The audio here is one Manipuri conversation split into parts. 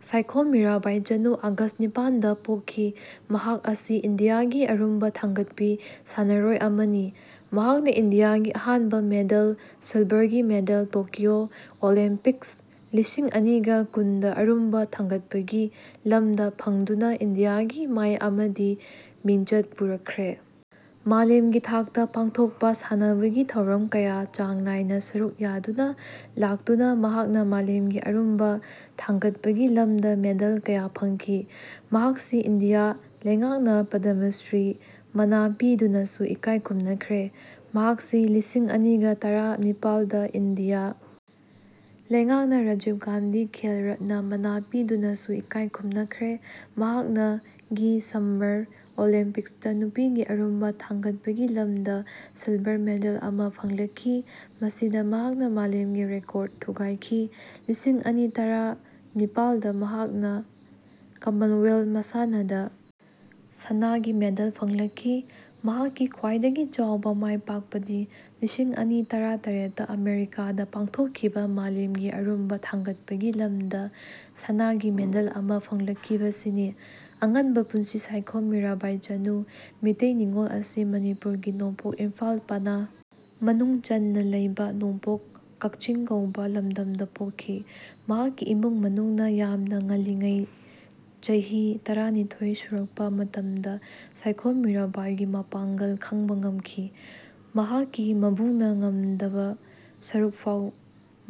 ꯁꯥꯏꯈꯣꯝ ꯃꯤꯔꯥꯕꯥꯏ ꯆꯅꯨ ꯑꯒꯁ ꯅꯤꯄꯥꯟꯗ ꯄꯣꯛꯈꯤ꯫ ꯃꯍꯥꯛ ꯑꯁꯤ ꯏꯟꯗꯤꯌꯥꯒꯤ ꯑꯔꯨꯝꯕ ꯊꯥꯡꯒꯠꯄꯤ ꯁꯥꯟꯅꯔꯣꯏ ꯑꯃꯅꯤ꯫ ꯃꯍꯥꯛꯅ ꯏꯟꯗꯤꯌꯥꯒꯤ ꯑꯍꯥꯟꯕ ꯃꯦꯗꯜ, ꯁꯤꯜꯚꯔꯒꯤ ꯃꯦꯗꯜ ꯇꯣꯀ꯭ꯌꯣ ꯑꯣꯂꯤꯝꯄꯤꯛꯁ ꯂꯤꯁꯤꯡ ꯑꯅꯤꯒ ꯀꯨꯟꯗ ꯑꯔꯨꯝꯕ ꯊꯥꯡꯒꯠꯄꯒꯤ ꯂꯝꯗ ꯐꯪꯗꯨꯅ ꯏꯟꯗꯤꯌꯥꯒꯤ ꯃꯥꯢ ꯑꯃꯗꯤ ꯃꯤꯡꯆꯠ ꯄꯨꯔꯛꯈ꯭ꯔꯦ꯫ ꯃꯥꯂꯦꯝꯒꯤ ꯊꯥꯛꯇ ꯄꯥꯡꯊꯣꯛꯄ ꯁꯥꯟꯅꯕꯒꯤ ꯊꯧꯔꯝ ꯀꯌꯥ ꯆꯥꯡ ꯅꯥꯢꯅ ꯁꯔꯨꯛ ꯌꯥꯗꯨꯅ ꯂꯥꯛꯇꯨꯅ ꯃꯍꯥꯛꯅ ꯃꯥꯂꯦꯝꯒꯤ ꯑꯔꯨꯝꯕ ꯊꯥꯡꯒꯠꯄꯒꯤ ꯂꯝꯗ ꯃꯦꯗꯜ ꯀꯌꯥ ꯐꯪꯈꯤ꯫ ꯃꯍꯥꯛꯁꯤ ꯏꯟꯗꯤꯌꯥ ꯂꯩꯉꯥꯛꯅ ꯄꯗꯃꯁ꯭ꯔꯤ ꯃꯅꯥ ꯄꯤꯗꯨꯅꯁꯨ ꯏꯀꯥꯢ ꯈꯨꯝꯅꯈ꯭ꯔꯦ꯫ ꯃꯍꯥꯛꯁꯤ ꯂꯤꯁꯤꯡ ꯑꯅꯤꯒ ꯇꯔꯥ ꯅꯤꯄꯥꯜꯗ ꯏꯟꯗꯤꯌꯥ ꯂꯩꯉꯥꯛꯅ ꯔꯥꯖꯤꯚ ꯒꯥꯟꯙꯤ ꯈꯦꯜ ꯔꯠꯅ ꯃꯅꯥ ꯄꯤꯗꯨꯅꯁꯨ ꯏꯀꯥꯢ ꯈꯨꯝꯅꯈ꯭ꯔꯦ꯫ ꯃꯍꯥꯛꯅ ꯒꯤ ꯁꯝꯃꯔ ꯑꯣꯂꯤꯝꯄꯤꯛꯁꯇ ꯅꯨꯄꯤꯒꯤ ꯑꯔꯨꯝꯕ ꯊꯥꯡꯒꯠꯄꯒꯤ ꯂꯝꯗ ꯁꯤꯜꯚꯔ ꯃꯦꯗꯜ ꯑꯃ ꯐꯪꯂꯛꯈꯤ꯫ ꯃꯁꯤꯗ ꯃꯍꯥꯛꯅ ꯃꯥꯂꯦꯝꯒꯤ ꯔꯦꯀꯣꯔꯗ ꯊꯨꯒꯥꯢꯈꯤ꯫ ꯂꯤꯁꯤꯡ ꯑꯅꯤ ꯇꯔꯥ ꯅꯤꯄꯥꯥꯜꯗ ꯃꯍꯥꯛꯅ ꯀꯃꯟꯋꯦꯜꯊ ꯃꯁꯥꯟꯅꯗ ꯁꯅꯥꯒꯤ ꯃꯦꯗꯜ ꯐꯪꯂꯛꯈꯤ꯫ ꯃꯍꯥꯛꯀꯤ ꯈ꯭ꯋꯥꯢꯗꯒꯤ ꯆꯥꯎꯕ ꯃꯥꯢꯄꯥꯛꯄꯗꯤ ꯂꯤꯁꯤꯡ ꯑꯅꯤ ꯇꯔꯥ ꯇꯔꯦꯠꯇ ꯑꯃꯦꯔꯤꯀꯥꯗ ꯄꯥꯡꯊꯣꯛꯈꯤꯕ ꯃꯥꯂꯦꯝꯒꯤ ꯑꯔꯨꯝꯕ ꯊꯥꯡꯒꯠꯄꯒꯤ ꯂꯝꯗ ꯁꯅꯥꯒꯤ ꯃꯦꯗꯜ ꯑꯃ ꯐꯪꯂꯛꯈꯤꯕꯁꯤꯅꯤ꯫ ꯑꯉꯟꯕ ꯄꯨꯟꯁꯤ ꯁꯥꯏꯈꯣꯝ ꯃꯤꯔꯥꯕꯥꯏ ꯆꯅꯨ, ꯃꯤꯇꯩ ꯅꯤꯡꯉꯣꯜ ꯑꯁꯤ ꯃꯅꯤꯄꯨꯔꯒꯤ ꯅꯣꯡꯄꯣꯛ ꯏꯝꯐꯥꯜ ꯄꯅꯥ ꯃꯅꯨꯡꯆꯟꯅ ꯂꯩꯕ ꯅꯣꯡꯄꯣꯛ ꯀꯛꯆꯤꯡ ꯀꯧꯕ ꯂꯝꯗꯝꯗ ꯄꯣꯛꯈꯤ꯫ ꯃꯍꯥꯛꯀꯤ ꯏꯃꯨꯡ ꯃꯅꯨꯡꯅ ꯌꯥꯝꯅ ꯉꯟꯂꯤꯉꯩ ꯆꯩꯍꯤ ꯇꯔꯥꯅꯤꯊꯣꯏ ꯁꯨꯔꯛꯄ ꯃꯇꯝꯗ ꯁꯥꯏꯈꯣꯝ ꯃꯤꯔꯩꯕꯥꯏꯒꯤ ꯃꯄꯥꯡꯒꯜ ꯈꯪꯕ ꯉꯝꯈꯤ꯫ ꯃꯍꯥꯛꯀꯤ ꯃꯕꯨꯡꯅ ꯉꯝꯗꯕ ꯁꯔꯨꯛꯐꯥꯎ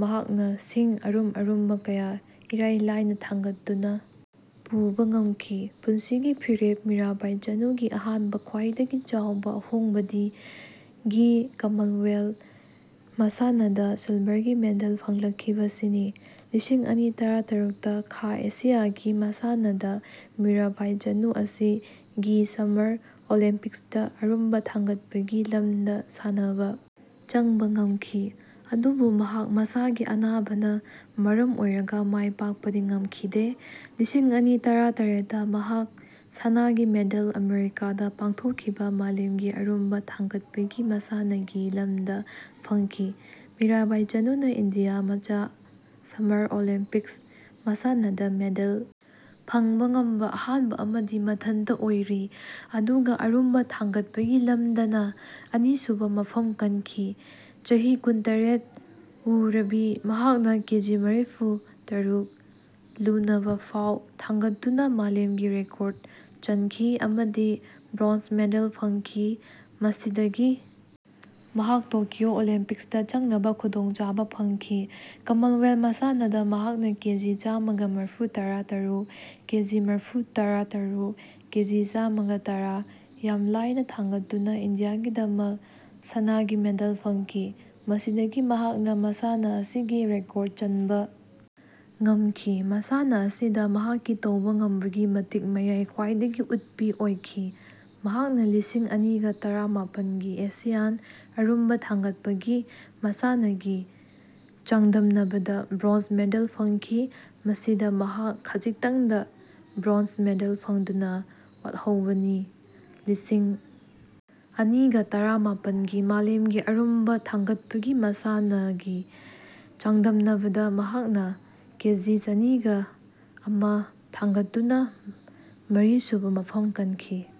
ꯃꯍꯥꯛꯅ ꯁꯤꯡ ꯑꯔꯨꯝ ꯑꯔꯨꯝꯕ ꯀꯌꯥ ꯏꯔꯥꯏ ꯂꯥꯏꯅ ꯊꯥꯡꯒꯠꯇꯨꯅ ꯄꯨꯕ ꯉꯝꯈꯤ꯫ ꯄꯨꯟꯁꯤꯒꯤ ꯐꯤꯔꯦꯞ ꯃꯤꯔꯥꯢꯕꯥꯢ ꯆꯅꯨꯒꯤ ꯑꯍꯥꯟꯕ ꯈ꯭ꯋꯥꯢꯗꯒꯤ ꯆꯥꯎꯕ ꯑꯍꯣꯡꯕꯗꯤ ꯒꯤ ꯀꯃꯟꯋꯦꯜꯊ ꯃꯁꯥꯟꯅꯗ ꯁꯤꯜꯚꯔꯒꯤ ꯃꯦꯗꯜ ꯐꯪꯂꯛꯈꯤꯕꯁꯤꯅꯤ꯫ ꯂꯤꯁꯤꯡ ꯑꯅꯤ ꯇꯔꯥꯇꯔꯨꯛꯇ ꯈꯥ ꯑꯦꯁꯤꯌꯥ ꯒꯤ ꯃꯁꯥꯟꯅꯗ ꯃꯤꯔꯥꯢꯕꯥꯢ ꯆꯅꯨ ꯑꯁꯤ ꯒꯤ ꯁꯝꯃꯔ ꯑꯣꯂꯤꯝꯄꯤꯛꯁꯇ ꯑꯔꯨꯝꯕ ꯊꯥꯡꯒꯠꯄꯒꯤ ꯂꯝꯗ ꯁꯥꯅꯕ ꯆꯪꯕ ꯉꯝꯈꯤ꯫ ꯑꯗꯨꯕꯨ ꯃꯍꯥꯛ ꯃꯁꯥꯒꯤ ꯑꯅꯥꯕꯅ ꯃꯔꯝ ꯑꯣꯢꯔꯒ ꯃꯥꯢ ꯄꯥꯛꯄꯗꯤ ꯉꯝꯈꯤꯗꯦ꯫ ꯂꯤꯁꯤꯡ ꯑꯅꯤ ꯇꯔꯥꯇꯔꯦꯠꯇ ꯃꯍꯥꯛ ꯁꯅꯥꯒꯤ ꯃꯦꯗꯜ ꯑꯃꯦꯔꯤꯀꯥꯗ ꯄꯥꯡꯊꯣꯛꯈꯤꯕ ꯃꯥꯂꯦꯝꯒꯤ ꯑꯔꯨꯝꯕ ꯊꯥꯡꯒꯠꯄꯒꯤ ꯃꯁꯥꯟꯅꯒꯤ ꯂꯝꯗ ꯐꯪꯈꯤ꯫ ꯃꯤꯔꯥꯕꯥꯢ ꯆꯅꯨꯅ ꯏꯟꯗꯤꯌꯥ ꯃꯆꯥ ꯁꯝꯃꯔ ꯑꯣꯂꯤꯝꯄꯤꯛꯁ ꯃꯁꯥꯟꯅꯗ ꯃꯦꯗꯜ ꯐꯪꯕ ꯉꯝꯕ ꯑꯍꯥꯟꯕ ꯑꯃꯗꯤ ꯃꯊꯟꯇ ꯑꯣꯢꯔꯤ꯫ ꯑꯗꯨꯒ ꯑꯔꯨꯝꯕ ꯊꯥꯡꯒꯠꯄꯒꯤ ꯂꯝꯗꯅ ꯑꯅꯤꯁꯨꯕ ꯃꯐꯝ ꯀꯟꯈꯤ꯫ ꯆꯍꯤ ꯀꯨꯟ - ꯇꯔꯦꯠ ꯋꯨꯔꯕꯤ ꯃꯍꯥꯛꯅ ꯀꯦꯖꯤ ꯃꯔꯤꯐꯨ - ꯇꯔꯨꯛ ꯂꯨꯅꯕꯐꯥꯎ ꯊꯥꯡꯒꯠꯇꯨꯅ ꯃꯥꯂꯦꯝꯒꯤ ꯔꯦꯀꯣꯔꯗ ꯆꯟꯈꯤ ꯑꯃꯗꯤ ꯕ꯭ꯔꯣꯟꯖ ꯃꯦꯗꯜ ꯐꯪꯈꯤ꯫ ꯃꯁꯤꯗꯒꯤ ꯃꯍꯥꯛ ꯇꯣꯀ꯭ꯌꯣ ꯑꯣꯂꯤꯝꯄꯤꯛꯁꯇ ꯆꯪꯅꯕ ꯈꯨꯗꯣꯡꯆꯥꯕ ꯐꯪꯈꯤ꯫ ꯀꯃꯟꯋꯦꯜꯊ ꯃꯁꯥꯟꯅꯗ ꯃꯍꯥꯛꯅ ꯀꯦꯖꯤ ꯆꯥꯃꯒ ꯃꯔꯤꯐꯨꯇꯔꯥ ꯇꯔꯨꯛ, ꯀꯦꯖꯤ ꯃꯔꯤꯐꯨꯇꯔꯥ ꯇꯔꯨꯛ, ꯀꯦꯖꯤ ꯆꯥꯃꯒ ꯇꯔꯥ ꯌꯥꯝ ꯂꯥꯢꯅ ꯊꯥꯡꯒꯠꯇꯨꯅ ꯏꯟꯗꯤꯌꯥꯒꯤꯗꯃꯛ ꯁꯅꯥꯒꯤ ꯃꯦꯗꯜ ꯐꯪꯈꯤ꯫ ꯃꯁꯤꯗꯒꯤ ꯃꯍꯥꯛꯅ ꯃꯁꯥꯟꯅ ꯑꯁꯤꯒꯤ ꯔꯦꯀꯣꯔꯗ ꯆꯟꯕ ꯉꯝꯈꯤ꯫ ꯃꯁꯥꯟꯅ ꯑꯁꯤꯗ ꯃꯍꯥꯛꯀꯤ ꯇꯧꯕ ꯉꯝꯕꯒꯤ ꯃꯇꯤꯛ ꯃꯌꯥꯢ ꯈ꯭ꯋꯥꯢꯗꯒꯤ ꯎꯠꯄꯤ ꯑꯣꯢꯈꯤ꯫ ꯃꯍꯥꯛꯅ ꯂꯤꯁꯤꯡ ꯑꯅꯤꯒ ꯇꯔꯥ ꯃꯥꯄꯟꯒꯤ ꯑꯦꯁꯤꯌꯥꯟ ꯑꯔꯨꯝꯕ ꯊꯥꯡꯒꯠꯄꯒꯤ ꯃꯁꯥꯟꯅ ꯒꯤ ꯆꯥꯡꯗꯝꯅꯕꯗ ꯕ꯭ꯔꯣꯟꯖ ꯃꯦꯗꯜ ꯐꯪꯈꯤ꯫ ꯃꯁꯤꯗ ꯃꯍꯥꯛ ꯈꯖꯤꯛꯇꯪꯗ ꯕ꯭ꯔꯣꯟꯖ ꯃꯦꯗꯜ ꯐꯪꯗꯨꯅ ꯋꯥꯠꯍꯧꯕꯅꯤ꯫ ꯂꯤꯁꯤꯡ ꯑꯅꯤꯒ ꯇꯔꯥꯃꯥꯄꯟ ꯒꯤ ꯃꯥꯂꯦꯝꯒꯤ ꯑꯔꯨꯝꯕ ꯊꯥꯡꯒꯠꯄꯒꯤ ꯃꯁꯥꯟꯅ ꯒꯤ ꯆꯥꯡꯗꯝꯅꯕꯗ ꯃꯍꯥꯛꯅ ꯀꯦꯖꯤ ꯆꯅꯤꯒ ꯑꯃ ꯊꯥꯡꯒꯠꯇꯨꯅ ꯃꯔꯤꯁꯨꯕ ꯃꯐꯝ ꯀꯟꯈꯤ꯫